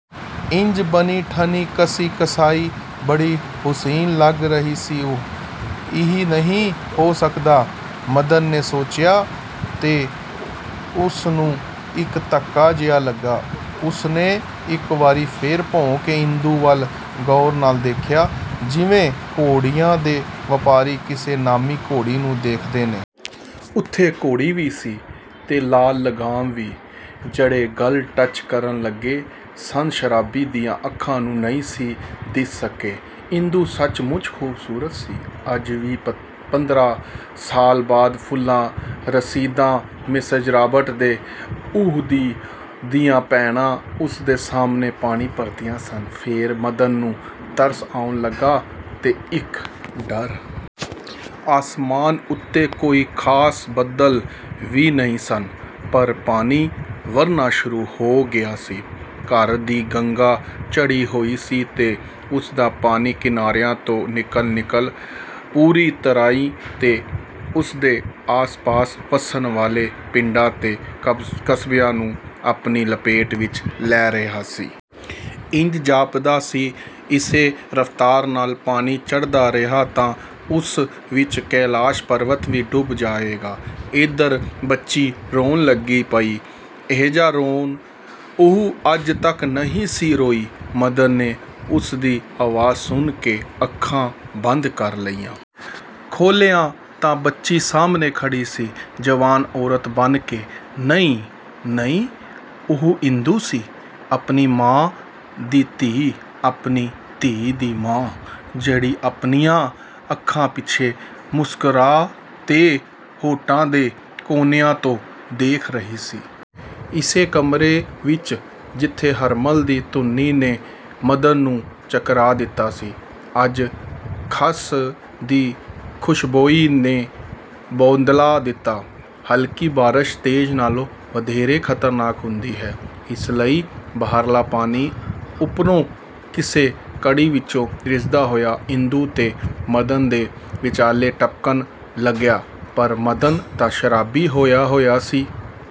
ਇੰਜ ਬਣੀ–ਠਣੀ, ਕਸੀ–ਕਸਾਈ ਬੜੀ ਹੁਸੀਨ ਲੱਗ ਰਹੀ ਸੀ ਉਹ। 'ਇਹ ਨਹੀਂ ਹੋ ਸਕਦਾ। ' ਮਦਨ ਨੇ ਸੋਚਿਆ ਤੇ ਉਸਨੂੰ ਇਕ ਧੱਕਾ ਜਿਹਾ ਲੱਗਾ। ਉਸਨੇ ਇਕ ਵਾਰੀ ਫੇਰ ਭੌਂ ਕੇ ਇੰਦੂ ਵੱਲ ਗਹੂ ਨਾਲ ਦੇਖਿਆ… ਜਿਵੇਂ ਘੋੜਿਆਂ ਦੇ ਵਪਾਰੀ ਕਿਸੇ ਨਾਮੀਂ ਘੋੜੀ ਨੂੰ ਦੇਖਦੇ ਨੇ। ਉੱਥੇ ਘੋੜੀ ਵੀ ਸੀ ਤੇ ਲਾਲ ਲਗਾਮ ਵੀ… ਜਿਹੜੇ ਗਲਤ ਟੱਚ ਲੱਗੇ ਸਨ ਸ਼ਰਾਬੀ ਦੀਆਂ ਅੱਖਾਂ ਨੂੰ ਨਹੀਂ ਸੀ ਦਿਸ ਸਕੇ… ਇੰਦੂ ਸੱਚਮੁੱਚ ਖ਼ੂਬਸੂਰਤ ਸੀ। ਅੱਜ ਵੀ ਪੰਦਰਾਂ ਸਾਲ ਬਾਅਦ ਫੂਲਾਂ, ਰਸ਼ੀਦਾ, ਮਿਸੇਜ਼ ਰਾਬਰਟ ਤੇ ਉਹ ਦੀਆਂ ਭੈਣਾ ਉਸਦੇ ਸਾਹਮਣੇ ਪਾਣੀ ਭਰਦੀਆਂ ਸਨ… ਫੇਰ ਮਦਨ ਨੂੰ ਤਰਸ ਆਉਣ ਲੱਗਾ ਤੇ ਇਕ ਡਰ! ਆਸਮਾਨ ਉੱਤੇ ਕੋਈ ਖਾਸ ਬੱਦਲ ਵੀ ਨਹੀਂ ਸਨ, ਪਰ ਪਾਣੀ ਵਰ੍ਹਨਾਂ ਸ਼ੁਰੂ ਹੋ ਗਿਆ ਸੀ। ਘਰ ਦੀ ਗੰਗਾ ਚੜ੍ਹੀ ਹੋਈ ਸੀ ਤੇ ਉਸਦਾ ਪਾਣੀ ਕਿਨਾਰਿਆਂ ਤੋਂ ਨਿਕਲ ਨਿਕਲ ਪੂਰੀ ਤਰਾਈ ਤੇ ਉਸਦੇ ਆਸਪਾਸ ਵੱਸਣ ਵਾਲੇ ਪਿੰਡਾਂ ਤੇ ਕਸਬਿਆਂ ਨੂੰ ਆਪਣੀ ਲਪੇਟ ਵਿਚ ਲੈ ਰਿਹਾ ਸੀ। ਇੰਜ ਜਾਪਦਾ ਸੀ, ਇਸੇ ਰਫ਼ਤਾਰ ਨਾਲ ਪਾਣੀ ਚੜ੍ਹਦਾ ਰਿਹਾ ਤਾਂ ਉਸ ਵਿਚ ਕੈਲਾਸ਼ ਪਰਬਤ ਵੀ ਡੁੱਬ ਜਾਵੇਗਾ… ਏਧਰ ਬੱਚੀ ਰੋਣ ਲੱਗ ਪਈ। ਅਜਿਹਾ ਰੋਣ-ਉਹ ਅੱਜ ਤਕ ਨਹੀਂ ਸੀ ਰੋਈ। ਮਦਨ ਨੇ ਉਸਦੀ ਆਵਾਜ਼ ਸੁਣ ਕੇ ਅੱਖਾਂ ਬੰਦ ਕਰ ਲਈਆਂ। ਖੋਲ੍ਹੀਆਂ ਤਾਂ ਬੱਚੀ ਸਾਹਮਣੇ ਖੜ੍ਹੀ ਸੀ। ਜਵਾਨ ਔਰਤ ਬਣ ਕੇ। ਨਹੀਂ, ਨਹੀਂ ਉਹ ਇੰਦੂ ਸੀ। ਆਪਣੀ ਮਾਂ ਦੀ ਧੀ, ਆਪਣੀ ਧੀ ਦੀ ਮਾਂ; ਜਿਹੜੀ ਆਪਣੀਆਂ ਅੱਖਾਂ ਪਿੱਛੇ ਮੁਸਕਰਾ ਤੇ ਹੋਠਾਂ ਦੇ ਕੋਨਿਆਂ ਤੋਂ ਦੇਖ ਰਹੀ ਸੀ। ਇਸੇ ਕਮਰੇ ਵਿਚ ਜਿੱਥੇ ਹਰਮਲ ਦੀ ਧੂੰਨੀ ਨੇ ਮਦਨ ਨੂੰ ਚਕਰਾ ਦਿਤਾ ਸੀ, ਅੱਜ ਖਸ ਦੀ ਖ਼ੁਸ਼ਬੋਈ ਨੇ ਬੌਂਦਲਾ ਦਿਤਾ। ਹਲਕੀ ਬਾਰਿਸ਼-ਤੇਜ਼ ਨਾਲੋਂ ਵਧੇਰੇ ਖ਼ਤਰਨਾਕ ਹੁੰਦੀ ਹੈ, ਇਸ ਲਈ ਬਾਹਰਲਾ ਪਾਣੀ ਉਪਰੋਂ ਕਿਸੇ ਕੜੀ ਵਿਚੋਂ ਰਿਸਦਾ ਹੋਇਆ ਇੰਦੂ ਤੇ ਮਦਨ ਦੇ ਵਿਚਾਲੇ ਟਪਕਣ ਲੱਗਿਆ… ਪਰ ਮਦਨ ਤਾਂ ਸ਼ਰਾਬੀ ਹੋਇਆ ਹੋਇਆ ਸੀ।